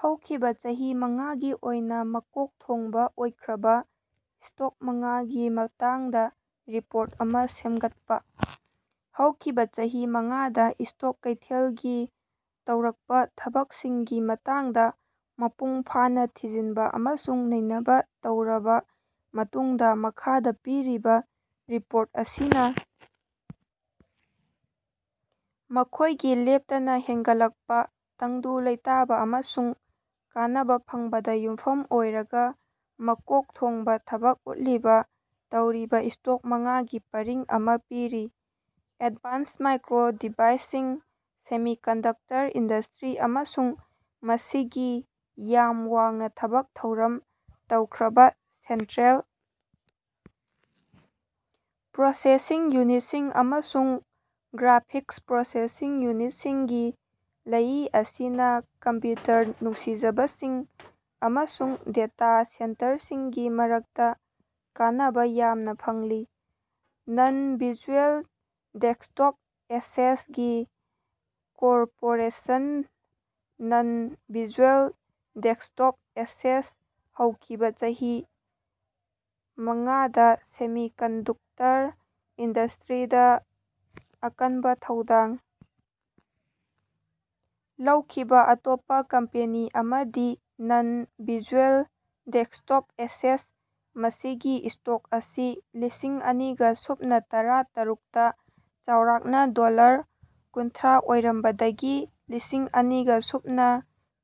ꯍꯧꯈꯤꯕꯥ ꯆꯍꯤ ꯃꯉꯥꯒꯤ ꯑꯣꯏꯅꯥ ꯃꯀꯣꯛ ꯊꯣꯡꯕꯥ ꯑꯣꯏꯈ꯭ꯔꯥꯕ ꯁ꯭ꯇꯣꯛ ꯃꯉꯥꯒꯤ ꯃꯇꯥꯡꯗ ꯔꯤꯄꯣꯔꯠ ꯑꯃ ꯁꯦꯝꯒꯠꯄ ꯫ ꯍꯧꯈꯤꯕꯥ ꯆꯍꯤ ꯃꯉꯥꯗ ꯁ꯭ꯇꯣꯛ ꯀꯩꯊꯦꯜꯒꯤ ꯇꯧꯔꯛꯄ ꯊꯕꯛꯁꯤꯡꯒꯤ ꯃꯇꯥꯡꯗꯥ ꯃꯄꯨꯡ ꯐꯥꯅꯥ ꯊꯤꯖꯤꯟꯕ ꯑꯃꯁꯨꯡ ꯅꯩꯅꯕ ꯇꯧꯔꯕꯥ ꯃꯇꯨꯡꯗ ꯃꯈꯥꯗ ꯄꯤꯔꯤꯕꯥ ꯔꯤꯄꯣꯔꯠ ꯑꯁꯤꯅꯥ ꯃꯈꯣꯢꯒꯤ ꯂꯦꯞꯇꯅꯥ ꯍꯦꯅꯒꯠꯂꯛꯄ ꯇꯪꯗꯨ ꯂꯩꯇꯥꯕ ꯑꯃꯁꯨꯡ ꯀꯥꯟꯅꯕ ꯐꯪꯕꯗ ꯌꯨꯝꯐꯝ ꯑꯣꯏꯔꯒ ꯃꯀꯣꯛ ꯊꯣꯡꯕ ꯊꯕꯛ ꯎꯠꯂꯤꯕ ꯇꯧꯔꯤꯕꯥ ꯁ꯭ꯇꯣꯛ ꯃꯉꯥꯒꯤ ꯄꯔꯤꯡ ꯑꯃ ꯄꯤꯔꯤ꯫ ꯑꯦꯗꯚꯥꯟꯁ ꯃꯥꯏꯀ꯭ꯔꯣ ꯗꯤꯚꯥꯏꯁꯁꯤꯡ ꯁꯦꯃꯤꯀꯟꯗꯛꯇꯔ ꯏꯟꯗꯁꯇ꯭ꯔꯤ ꯑꯃꯁꯨꯡ ꯃꯁꯤꯒꯤ ꯌꯥꯝ ꯋꯥꯡꯅ ꯊꯕꯛ ꯊꯧꯔꯝ ꯇꯧꯈ꯭ꯔꯕꯥ ꯁꯦꯟꯇ꯭ꯔꯦꯜ ꯄ꯭ꯔꯣꯁꯦꯁꯁꯤꯡ ꯌꯨꯅꯤꯠꯁꯤꯡ ꯑꯃꯁꯨꯡ ꯒ꯭ꯔꯥꯐꯤꯛꯁ ꯄ꯭ꯔꯣꯁꯦꯁꯁꯤꯡ ꯌꯨꯅꯤꯠꯁꯤꯡꯒꯤ ꯂꯩꯏ ꯑꯁꯤꯅꯥ ꯀꯝꯄ꯭ꯌꯨꯇꯔ ꯅꯨꯡꯁꯤꯖꯕꯁꯤꯡ ꯑꯃꯁꯨꯡ ꯗꯦꯇꯥ ꯁꯦꯟꯇꯔꯁꯤꯡꯒꯤ ꯃꯔꯛꯇꯥ ꯀꯥꯟꯅꯕ ꯌꯥꯝꯅꯥ ꯐꯪꯂꯤ꯫ꯅꯟ ꯚꯤꯖ꯭ꯋꯦꯜ ꯗꯦꯛꯁꯇꯣꯞ ꯑꯦꯁꯦꯁ ꯒꯤ corporation non visual desktop access ꯍꯧꯈꯤꯕꯥ ꯆꯍꯤ ꯃꯉꯥꯗ ꯁꯦꯃꯤꯀꯟꯗꯨꯛꯇꯔ ꯏꯟꯗꯁꯇ꯭ꯔꯤꯗ ꯑꯀꯟꯕ ꯊꯧꯗꯥꯡ ꯂꯧꯈꯤꯕꯥ ꯑꯇꯣꯞꯄꯥ ꯀꯝꯄꯦꯅꯤ ꯑꯃꯗꯤ ꯅꯟ ꯚꯤꯖ꯭ꯋꯦꯜ ꯗꯦꯛꯁꯇꯣꯞ ꯑꯦꯁꯦꯁ ꯃꯁꯤꯒꯤ ꯁ꯭ꯇꯣꯛ ꯑꯁꯤ ꯂꯤꯁꯤꯡ ꯑꯅꯤꯒ ꯁꯨꯞꯅ ꯇꯔꯥ ꯇꯔꯨꯛ ꯇꯥ ꯆꯥꯎꯔꯥꯛꯅ ꯗꯣꯂꯔ ꯀꯨꯟꯊ꯭ꯔꯥ ꯑꯣꯏꯔꯝꯕꯗꯒꯤ ꯂꯤꯁꯤꯡ ꯑꯅꯤꯒ ꯁꯨꯞꯅ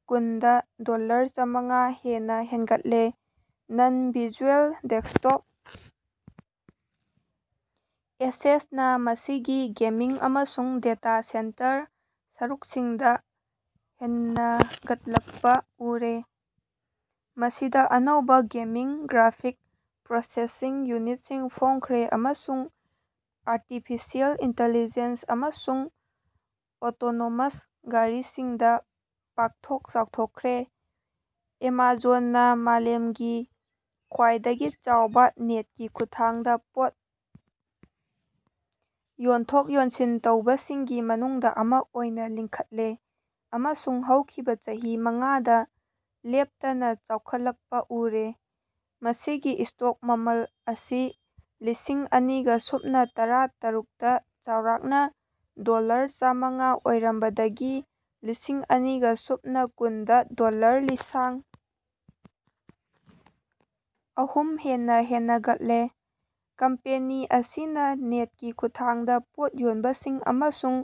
ꯀꯨꯟꯗꯥ ꯗꯣꯂꯔ ꯆꯥꯃꯉꯥ ꯍꯦꯟꯅ ꯍꯦꯟꯒꯠꯂꯦ ꯫ ꯅꯟ ꯚꯤꯖ꯭ꯋꯦꯜ ꯗꯦꯛꯁꯇꯣꯞ ꯑꯦꯁꯦꯁ ꯅ ꯃꯁꯤꯒꯤ ꯒꯦꯃꯤꯡ ꯑꯃꯁꯨꯡ ꯗꯦꯇꯥ ꯁꯦꯟꯇꯔ ꯁꯔꯨꯛꯁꯤꯡꯗ ꯍꯦꯟꯅꯒꯠꯂꯛꯄꯥ ꯎꯔꯦ ꯃꯁꯤꯗ ꯑꯅꯧꯕꯥ ꯒꯦꯃꯤꯡ ꯒ꯭ꯔꯥꯐꯤꯛ ꯄ꯭ꯔꯣꯁꯦꯁꯁꯤꯡ ꯌꯨꯅꯤꯠꯁꯤꯡ ꯐꯣꯡꯈ꯭ꯔꯦ ꯑꯃꯁꯨꯡ ꯑꯥꯔꯇꯤꯐꯤꯁꯤꯑꯦꯜ ꯏꯟꯇꯤꯂꯤꯖꯦꯟꯁ ꯑꯃꯁꯨꯡ ꯑꯣꯇꯣꯅꯣꯃꯁ ꯒꯥꯔꯤꯁꯤꯡꯗꯥ ꯄꯥꯛꯊꯣꯛ ꯆꯥꯎꯊꯣꯛꯈ꯭ꯔꯦ꯫ ꯑꯦꯃꯥꯖꯣꯟꯅꯥ ꯃꯥꯂꯦꯃꯒꯤ ꯈ꯭ꯕꯥꯏꯗꯒꯤ ꯆꯥꯎꯕꯥ ꯅꯦꯠ ꯀꯤ ꯈꯨꯊꯥꯡꯗ ꯄꯣꯠ ꯌꯣꯟꯊꯣꯛ ꯌꯣꯟꯁꯤꯟ ꯇꯧꯕꯁꯤꯡꯒꯤ ꯃꯅꯨꯡꯗ ꯑꯃ ꯑꯣꯏꯅ ꯂꯤꯡꯈꯠꯂꯦ ꯑꯃꯁꯨꯡ ꯍꯧꯈꯤꯕ ꯆꯍꯤ ꯃꯉꯥꯗ ꯂꯦꯞꯇꯅ ꯆꯥꯎꯈꯠꯂꯛꯄ ꯎꯔꯦ, ꯃꯁꯤꯒꯤ ꯁ꯭ꯇꯣꯛ ꯃꯃꯜ ꯑꯁꯤ ꯂꯤꯁꯤꯡ ꯑꯅꯤꯒ ꯁꯨꯞꯅ ꯇꯔꯥꯇꯔꯨꯛ ꯇ ꯆꯥꯎꯔꯥꯛꯅꯥ ꯗꯣꯂꯔ ꯆꯥꯃꯉꯥ ꯑꯣꯏꯔꯝꯕꯗꯒꯤ ꯂꯤꯁꯤꯡ ꯑꯅꯤꯒ ꯁꯨꯞꯅ ꯀꯨꯟꯗ ꯗꯣꯂꯔ ꯂꯤꯁꯥꯡ ꯑꯍꯨꯝ ꯍꯦꯟꯅꯥ ꯍꯦꯟꯅꯒꯠꯂꯦ꯫ ꯀꯝꯄꯦꯅꯤ ꯑꯁꯤꯅꯥ ꯅꯦꯠ ꯀꯤ ꯈꯨꯊꯥꯡꯗ ꯄꯣꯠ ꯌꯣꯟꯕꯁꯤꯡ ꯑꯃꯁꯨꯡ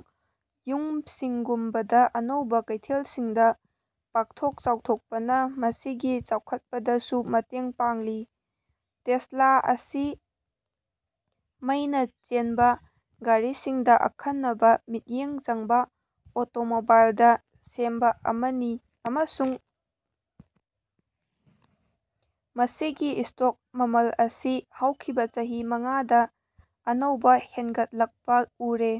ꯌꯨꯝꯁꯤꯡꯒꯨꯝꯕꯗ ꯑꯅꯧꯕꯥ ꯀꯩꯊꯦꯜꯁꯤꯡꯗ ꯄꯥꯛꯊꯣꯛ ꯆꯥꯎꯊꯣꯛꯄꯅ ꯃꯁꯤꯒꯤ ꯆꯥꯎꯈꯠꯄꯗꯁꯨ ꯃꯇꯦꯡ ꯄꯥꯡꯂꯤ꯫ ꯇꯦꯁꯂꯥ ꯑꯁꯤ ꯃꯩꯅ ꯆꯦꯟꯕ ꯒꯥꯔꯤꯁꯤꯡꯗ ꯑꯈꯟꯅꯕꯥ ꯃꯤꯠꯌꯦꯡ ꯆꯪꯕꯥ ꯑꯣꯇꯣꯃꯣꯕꯥꯏꯜ ꯗ ꯁꯦꯝꯕ ꯑꯃꯅꯤ ꯑꯃꯁꯨꯡ ꯃꯁꯤꯒꯤ ꯁ꯭ꯇꯣꯛ ꯃꯃꯜ ꯑꯁꯤ ꯍꯧꯈꯤꯕꯥ ꯆꯍꯤ ꯃꯉꯥꯗ ꯑꯆꯧꯕꯥ ꯍꯦꯟꯅꯒꯠꯂꯛꯄ ꯎꯔꯦ꯫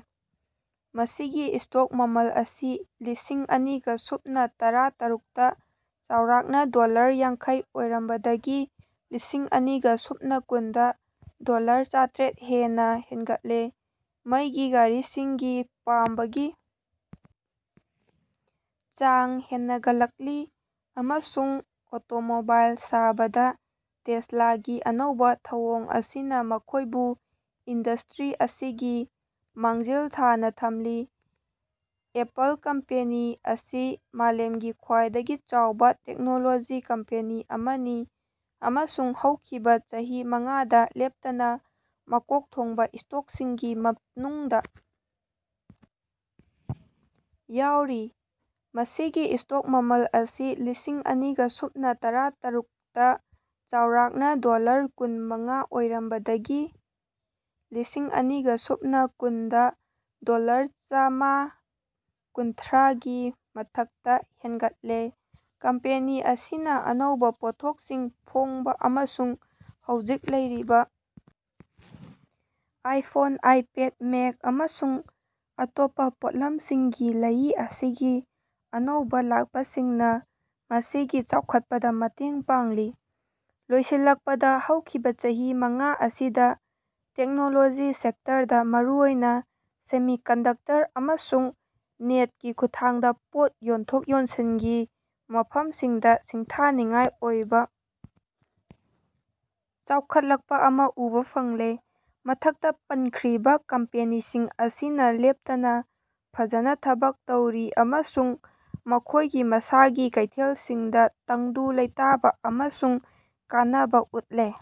ꯃꯁꯤꯒꯤ ꯁ꯭ꯇꯣꯛ ꯃꯃꯜ ꯑꯁꯤ ꯂꯤꯁꯤꯡ ꯑꯅꯤꯒ ꯁꯨꯞꯅ ꯇꯔꯥꯇꯔꯨꯛꯇ ꯆꯥꯎꯔꯥꯛꯅꯥ ꯗꯣꯂꯔ ꯌꯥꯡꯈꯩ ꯑꯣꯏꯔꯝꯕꯗꯒꯤ ꯂꯤꯁꯤꯡ ꯑꯅꯤꯒ ꯁꯨꯞꯅ ꯀꯨꯟꯗ ꯗꯣꯂꯔ ꯆꯥꯇ꯭ꯔꯦꯠ ꯍꯦꯟꯅꯥ ꯍꯦꯟꯅꯒꯠꯂꯦ ꯃꯩꯒꯤ ꯒꯥꯔꯤꯁꯤꯡꯒꯤ ꯄꯥꯝꯕꯒꯤ ꯆꯥꯡ ꯍꯦꯟꯅꯒꯠꯂꯛꯂꯤ ꯑꯃꯁꯨꯡ ꯑꯣꯇꯣꯃꯣꯕꯥꯏꯜ ꯁꯥꯕꯗ ꯇꯦꯁꯂꯥꯒꯤ ꯑꯅꯧꯕꯥ ꯊꯧꯑꯣꯡ ꯑꯁꯤꯅꯥ ꯃꯈꯣꯢꯕꯨ ꯏꯟꯗꯁꯇ꯭ꯔꯤ ꯑꯁꯤꯒꯤ ꯃꯥꯡꯖꯤꯜ ꯊꯥꯅ ꯊꯝꯂꯤ꯫ ꯑꯦꯄꯜ ꯀꯝꯄꯦꯅꯤ ꯑꯁꯤ ꯃꯥꯂꯦꯝꯒꯤ ꯈ꯭ꯋꯥꯏꯗꯒꯤ ꯆꯥꯎꯕ ꯇꯦꯛꯅꯣꯂꯣꯖꯤ ꯀꯝꯄꯦꯅꯤ ꯑꯃꯅꯤ ꯑꯃꯁꯨꯡ ꯍꯧꯈꯤꯕꯥ ꯆꯍꯤ ꯃꯉꯥꯗ ꯂꯦꯞꯇꯅꯥ ꯃꯀꯣꯛ ꯊꯣꯡꯕꯥ ꯁ꯭ꯇꯣꯛꯁꯤꯡꯒꯤ ꯃꯅꯨꯡꯗꯥ ꯌꯥꯎꯔꯤ꯫ ꯃꯁꯤꯒꯤ ꯁ꯭ꯇꯣꯛ ꯃꯃꯜ ꯑꯁꯤ ꯂꯤꯁꯤꯡ ꯑꯅꯤꯒ ꯁꯨꯞꯅ ꯇꯔꯥꯇꯔꯨꯛꯇꯥ ꯆꯥꯎꯔꯥꯛꯅꯥ ꯗꯣꯂꯔ ꯀꯨꯟ ꯃꯉꯥ ꯑꯣꯏꯔꯝꯕꯗꯒꯤ ꯂꯤꯁꯤꯡ ꯑꯅꯤꯒ ꯁꯨꯞꯅ ꯀꯨꯟ ꯗꯥ ꯗꯣꯂꯔ ꯆꯃꯥ ꯀꯨꯟꯊ꯭ꯔꯥꯒꯤ ꯃꯊꯛꯇ ꯍꯦꯟꯒꯠꯂꯦ ꯫ ꯀꯝꯄꯦꯅꯤ ꯑꯁꯤꯅꯥ ꯑꯅꯧꯕꯥ ꯄꯣꯠꯊꯣꯛꯁꯤꯡ ꯐꯣꯡꯕ ꯑꯃꯁꯨꯡ ꯍꯧꯖꯤꯛ ꯂꯩꯔꯤꯕ ꯑꯥꯏꯐꯣꯟ, ꯑꯥꯏꯄꯦꯗ, ꯃꯦꯛ, ꯑꯃꯁꯨꯡ ꯑꯇꯣꯞꯄ ꯄꯣꯠꯂꯝꯁꯤꯡꯒꯤ ꯂꯩꯏ ꯑꯁꯤꯒꯤ ꯑꯅꯧꯕ ꯂꯥꯛꯄꯁꯤꯡꯅ ꯃꯁꯤꯒꯤ ꯆꯥꯎꯈꯠꯄꯗ ꯃꯇꯦꯡ ꯄꯥꯡꯂꯤ꯫ ꯂꯣꯏꯁꯤꯜꯂꯛꯄꯗ ꯍꯧꯈꯤꯕꯥ ꯆꯍꯤ ꯃꯉꯥ ꯑꯁꯤꯗ ꯇꯦꯛꯅꯣꯂꯣꯖꯤ ꯁꯦꯛꯇꯔꯗꯥ ꯃꯔꯨꯑꯣꯏꯅ ꯁꯦꯃꯤꯀꯟꯗꯛꯇꯔ ꯑꯃꯁꯨꯡ ꯅꯦꯠ ꯀꯤ ꯈꯨꯊꯥꯡꯗ ꯄꯣꯠ ꯌꯣꯟꯊꯣꯛ ꯌꯣꯟꯁꯤꯟꯒꯤ ꯃꯐꯝꯁꯤꯡꯗ ꯁꯤꯡꯊꯥꯅꯤꯡꯉꯥꯏ ꯑꯣꯏꯕꯥ ꯆꯥꯎꯈꯠꯂꯛꯄ ꯑꯃ ꯎꯕ ꯐꯪꯂꯦ꯫ ꯃꯊꯛꯇ ꯄꯟꯈ꯭ꯔꯤꯕ ꯀꯝꯄꯦꯅꯤꯁꯤꯡ ꯑꯁꯤꯅ ꯂꯦꯞꯇꯅ ꯐꯖꯅ ꯊꯕꯛ ꯇꯧꯔꯤ ꯑꯃꯁꯨꯡ ꯃꯈꯣꯢꯒꯤ ꯃꯁꯥꯒꯤ ꯀꯩꯊꯦꯜꯁꯤꯡꯗ ꯇꯪꯗꯨ ꯂꯩꯇꯥꯕ ꯑꯃꯁꯨꯡ ꯀꯥꯟꯅꯕ ꯎꯠꯂꯦ ꯫